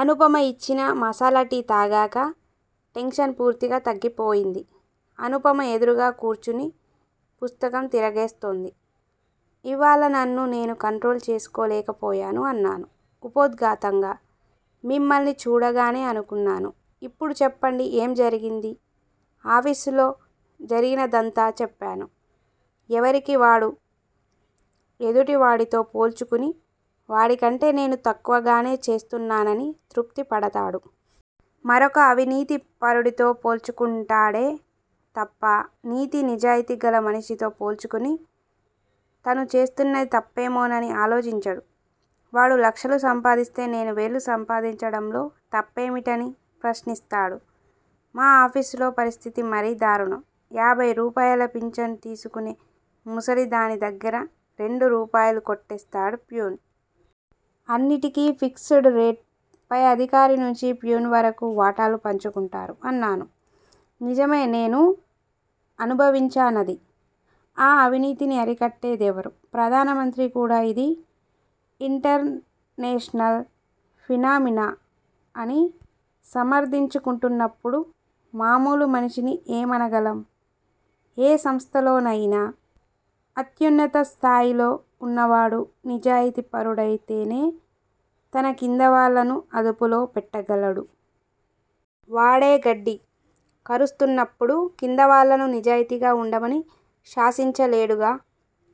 అనుపమ యిచ్చిన మసాలా టీ తాగాక టెన్షన్ పూర్తిగా తగ్గిపోయింది. అనుపమ ఎదురుగా కూర్చుని పుస్తకం తిరగేస్తోంది. ఇవ్వాళ నన్ను నేను కంట్రోల్ చేసుకోలేక పోయాను అన్నాను ఉపోద్ఘాతంగా. మిమ్మల్ని చూడగానే అనుకున్నాను. ఇప్పుడు చెప్పండి ఏం జరిగింది? ఆఫీసులో జరిగినదంతా చెప్పాను. ఎవరికి వాడు ఎదుటి వాడితో పోల్చుకుని వాడికంటే నేను తక్కువగానే చేస్తున్నానని తృప్తి పడతాడు. మరొక అవినీతి పరుడితో పోల్చుకుంటాడే తప్ప నీతి, నిజాయితీగల మనిషితో పోల్చుకుని తను చేస్తున్నది తప్పేమోనని ఆలోచించడు. వాడు లక్షలు సంపాదిస్తే నేను వేలు సంపాదించడంలో తప్పేమిటని ప్రశ్నిస్తాడు. మా ఆఫీసులో పరిస్థతి మరీ దారుణం. యాభై రూపాయల ఫించను తీసుకునే ముసలిదాని దగ్గరా రెండు రూపాయలు కొట్టేస్తాడు ఫ్యూన్. అన్నింటికి ఫిక్స్ డ్ రేట్ పై అధికారి నుంచి ఫ్యూన్ వరకు వాటాలు పంచుకుంటారు అన్నాను. నిజమే నేనూ అనుభవించానది. ఆ అవినీతిని అరికట్టే దెవరు? ప్రధానమంత్రి కూడా ఇది 'ఇంటర్నేషనల్ ఫినామినా' అని సమర్ధించుకుంటున్నప్పుడు మామూలు మనిషిని ఏమనగలం? ఏ సంస్థలోనయినా అత్యున్నత స్థాయిలో వున్నవాడు నిజాయితీ పరుడయితేనె తన కిందవాళ్ళను అదుపులో పెట్టగలడు. వాడే గడ్డి కరుస్తున్నప్పుడు కిందవాళ్ళను నిజాయితీగా వుండమని శాసించలేడుగా.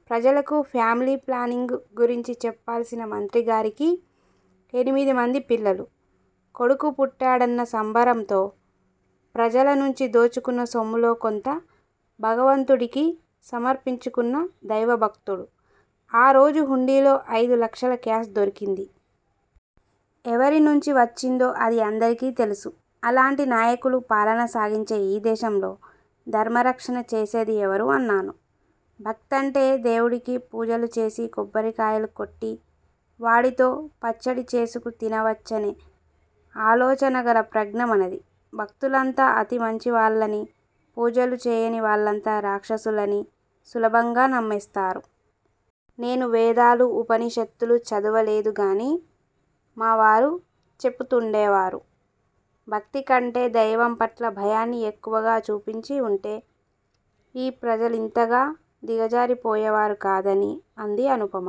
ప్రజలకు ఫ్యామిలి ప్లానింగు గురించి చెప్పాల్సిన మంత్రిగారికి ఎనిమిది మంది పిల్లలు. కొడుకు పుట్టాడన్న సంబరంతో ప్రజల నుంచి దోచుకున్న సొమ్ములో కొంత భగవంతుడికి సమర్పించుకున్న దైవభక్తుడు. ఆ రోజు హుండీలో ఐదు లక్షల క్యాష్ దొరికింది. ఎవరి నుంచి వచ్చిందో అది అందరికీ తెలుసు. అలాంటి నాయకులు పాలన సాగించే ఈ దేశంలో ధర్మరక్షణ చేసేది ఎవరు? అన్నాను. భక్తంటే దేవుడికి పూజలు చేసి, కొబ్బరికాయలు కొట్టి, వాడితో పచ్చడి చేసుకు తినవచ్చనే ఆలోచనగల ప్రజ్ఞ మనది. భక్తులంతా అతి మంచి వాళ్ళని, పూజలు చేయని వాళ్ళంతా రాక్షసులని సులభంగా నమ్మేస్తారు. నేను వేదాలు, ఉపనిషత్తులు చదవలేదుగాని మా వారు చెపుతుండేవారు. భక్తి కంటే దైవంపట్ల భయాన్ని ఎక్కువగా చూపించి వుంటే ఈ ప్రజలింతగా దిగజారి పోయేవారు కాదని అంది అనుపమ.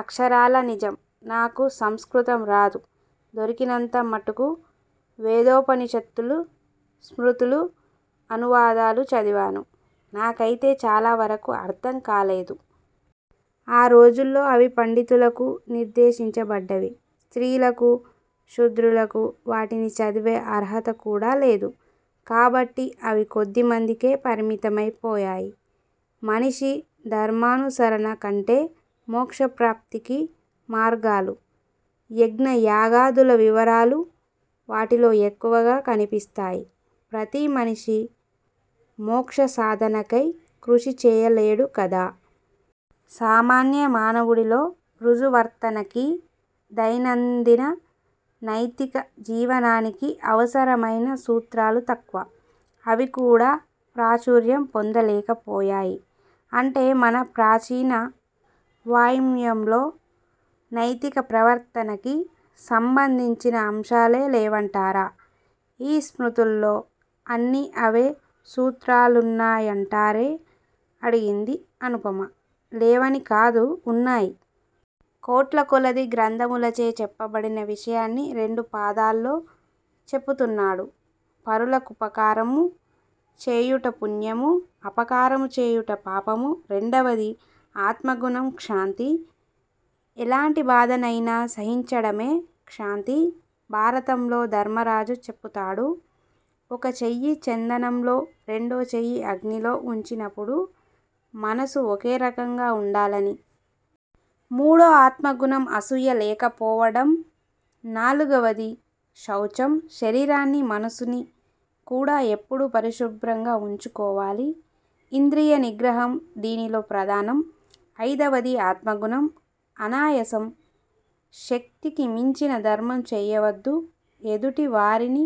అక్షరాలా నిజం. నాకు సంస్కృతం రాదు. దొరికినంత మటుకు వేదోపనిషత్తులు, స్మృతులు, అనువాదాలు చదివాను. నాకయితే చాలావరకు అర్ధంకాలేదు. ఆ రోజుల్లో అవి పండితులకు నిర్దేశించబడ్డవి. స్త్రీలకు, శూద్రులకు వాటిని చదివే అర్హత కూడా లేదు. కాబట్టి అవి కొద్ది మందికే పరిమితమై పోయాయి. మనిషి ధర్మానుసరణ కంటే మోక్షప్రాప్తికి మార్గాలు, యజ్ఞయాగాదుల వివరాలు వాటిలో ఎక్కువగా కనిపిస్తాయి. ప్రతి మనిషి మోక్ష సాధనకై కృషి చేయలేడు కదా. సామాన్య మానవుడిలో ఋజు వర్తనకి, దైనందిన నైతిక జీవనానికి అవసరమయిన సూత్రాలు తక్కువ. అవి కూడా ప్రాచుర్యం పొందలేకపోయాయి. అంటే మన ప్రాచీన వాఞ్మయంలో నైతిక ప్రవర్తనకి సంబంధించిన అంశాలే లేవంటారా? ఈ స్మృతుల్లో అన్నీ అవే సూత్రాలున్నాయంటారే అడిగింది అనుపమ. లేవని కాదు, ఉన్నాయి. కోట్ల కొలది గ్రంథములచే చెప్పబడిన విషయాన్ని రెండు పాదాల్లో చెపుతున్నాడు. పరుల కుపకారము చేయుట పుణ్యము, అపకారము చేయుట పాపము. రెండవది- ఆత్మగుణం క్షాంతి. ఎలాంటి బాధనయినా సహించడమే క్షాంతి. భారతంలో ధర్మరాజు చెపుతాడు. ఒక చెయ్యి చందనంలో, రెండో చెయ్యి అగ్నిలో వుంచినపుడు మనసు ఒకేరకంగా వుండాలని. మూడో ఆత్మగుణం- అసూయ లేకపోవడం, నాలుగవది-శౌచం. శరీరాన్ని, మనసుని కూడా ఎప్పుడూ పరిశుభ్రంగా వుంచుకోవాలి. ఇంద్రియ నిగ్రహం దీనిలో ప్రధానం. అయిదవది ఆత్మగుణం- అనాయాసం, శక్తికి మించిన ధర్మం చెయ్యవద్దు. ఎదుటి వారిని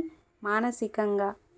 మానసికంగా,